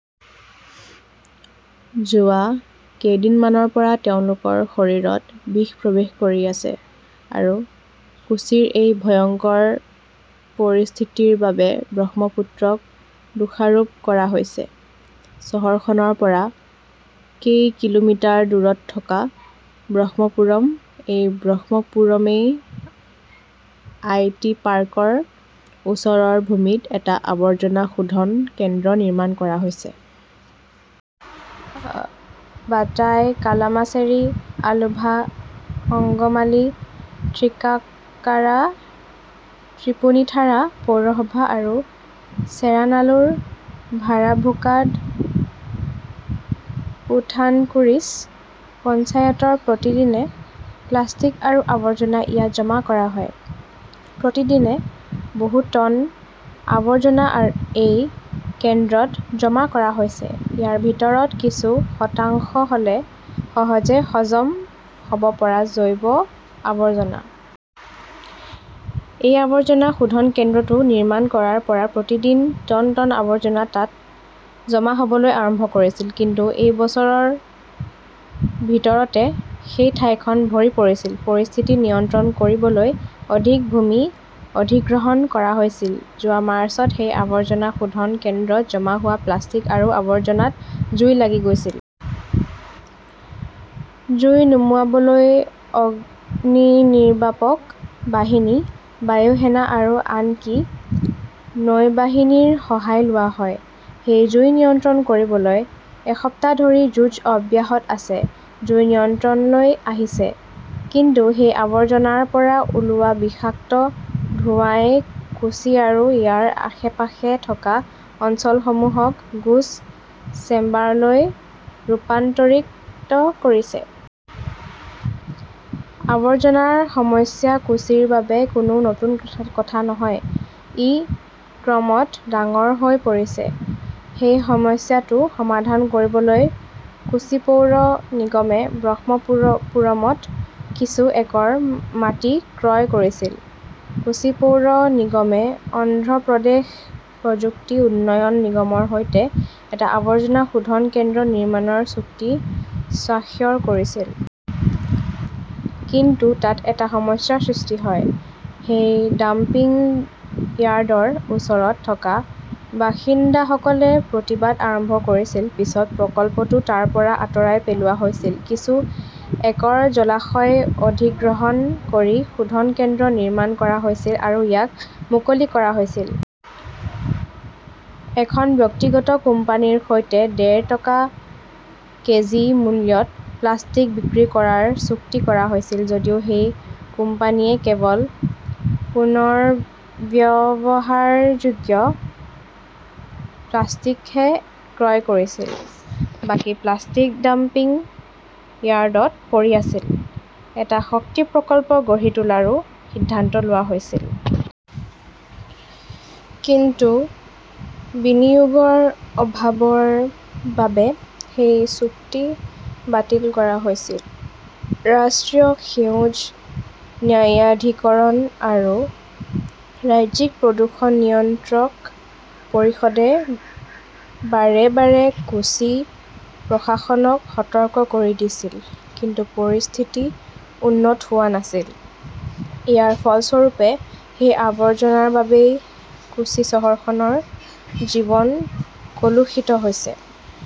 যোৱা কেইদিনমানৰ পৰা তেওঁলোকৰ শৰীৰত বিষ প্ৰৱেশ কৰি আছে। আৰু কোচিৰ এই ভয়ংকৰ পৰিস্থিতিৰ বাবে ব্ৰহ্মপুত্ৰক দোষাৰোপ কৰা হৈছে। চহৰখনৰ পৰা কেই কিলোমিটাৰ দূৰত থকা ব্ৰহ্মপুৰম। এই ব্ৰহ্মপুৰমেই আইটি পাৰ্কৰ ওচৰৰ ভূমিত এটা আৱৰ্জনা শোধন কেন্দ্ৰ নিৰ্মাণ কৰা হৈছে। বাতাই, কালামাছেৰী, আলুভা, অংগমালী, থ্ৰিক্কাকাৰা, ত্ৰিপুনিথাৰা পৌৰসভা আৰু চেৰানালুৰ, ভাৰাভুকাড, পুথানকুৰিছ পঞ্চায়তৰ প্ৰতিদিনে প্লাষ্টিক আৰু আৱৰ্জনা ইয়াত জমা কৰা হয়। প্ৰতিদিনে বহু টন আৱৰ্জনা এই কেন্দ্ৰত জমা কৰা হৈছে। ইয়াৰ ভিতৰত কিছু শতাংশ হ'ল সহজে হজম হ'ব পৰা জৈৱ আৱৰ্জনা। এই আৱৰ্জনা শোধন কেন্দ্ৰটো নিৰ্মাণ কৰাৰ পৰা প্ৰতিদিনে টন টন আৱৰ্জনা তাত জমা হ'বলৈ আৰম্ভ কৰিছিল। কিন্তু এবছৰৰ ভিতৰতে সেই ঠাইখন ভৰি পৰিছিল। পৰিস্থিতি নিয়ন্ত্ৰণ কৰিবলৈ অধিক ভূমি অধিগ্ৰহণ কৰা হৈছিল। যোৱা মাৰ্চত সেই আৱৰ্জনা শোধন কেন্দ্ৰত জমা হোৱা প্লাষ্টিক আৰু আৱৰ্জনাত জুই লাগি গৈছিল। জুই নুমুৱাবলৈ অগ্নিনিৰ্বাপক বাহিনী, বায়ু সেনা আৰু আনকি নৌবাহিনীৰ সহায় লোৱা হয়। সেই জুই নিয়ন্ত্ৰণ কৰিবলৈ এসপ্তাহ ধৰি যুঁজ অব্যাহত আছে। জুই নিয়ন্ত্ৰণলৈ আহিছে। কিন্তু সেই আৱৰ্জনাৰ পৰা ওলোৱা বিষাক্ত ধোঁৱাই কোচি আৰু ইয়াৰ আশে-পাশে থকা অঞ্চলসমূহক গেছ চেম্বাৰলৈ ৰূপান্তৰিত কৰিছে। আৱৰ্জনাৰ সমস্যা কোচিৰ বাবে কোনো নতুন কথা নহয়। ই ক্ৰমত ডাঙৰ হৈ পৰিছে। সেই সমস্যাটো সমাধান কৰিবলৈ কোচি পৌৰ নিগমে ব্ৰহ্মপুৰমত কিছু একৰ মাটি ক্ৰয় কৰিছিল। কোচি পৌৰ নিগমে অন্ধ্ৰ প্ৰদেশ প্ৰযুক্তি উন্নয়ন নিগমৰ সৈতে এটা আৱৰ্জনা শোধন কেন্দ্ৰ নিৰ্মাণৰ চুক্তি স্বাক্ষৰ কৰিছিল। কিন্তু তাত এটা সমস্যাৰ সৃষ্টি হয়। সেই ডাম্পিং য়াৰ্ডৰ ওচৰত থকা বাসিন্দাসকলে প্ৰতিবাদ আৰম্ভ কৰিছিল। পিছত প্ৰকল্পটো তাৰ পৰা আঁতৰাই পেলোৱা হৈছিল। কিছু একৰ জলাশয় অধিগ্ৰহণ কৰি শোধন কেন্দ্ৰ নিৰ্মাণ কৰা হৈছিল আৰু ইয়াক মুকলি কৰা হৈছিল। এখন ব্যক্তিগত কোম্পানীৰ সৈতে ডেৰ টকা কেজি মূল্যত প্লাষ্টিক বিক্ৰী কৰাৰ চুক্তি কৰা হৈছিল। যদিও সেই কোম্পানীয়ে কেৱল পুনৰ্ব্যৱহাৰযোগ্য প্লাষ্টিকহে ক্ৰয় কৰিছিল। বাকী প্লাষ্টিক ডাম্পিং য়াৰ্ডত পৰি আছিল। এটা শক্তি প্ৰকল্প ‌‌গঢ়ি তোলাৰো সিদ্ধান্ত লোৱা হৈছিল। কিন্তু বিনিয়োগৰ অভাৱৰ বাবে সেই চুক্তি বাতিল কৰা হৈছিল। ৰাষ্ট্ৰীয় সেউজ ন্যায়াধিকৰণ আৰু ৰাজ্যিক প্ৰদূষণ নিয়ন্ত্ৰক পৰিষদে বাৰে বাৰে কোচি প্ৰশাসনক সতৰ্ক কৰি দিছিল। কিন্তু পৰিস্থিতি উন্নত হোৱা নাছিল। ইয়াৰ ফলস্বৰূপে সেই আৱৰ্জনাৰ বাবেই কোচি চহৰখনৰ জীৱন কলুষিত হৈছে।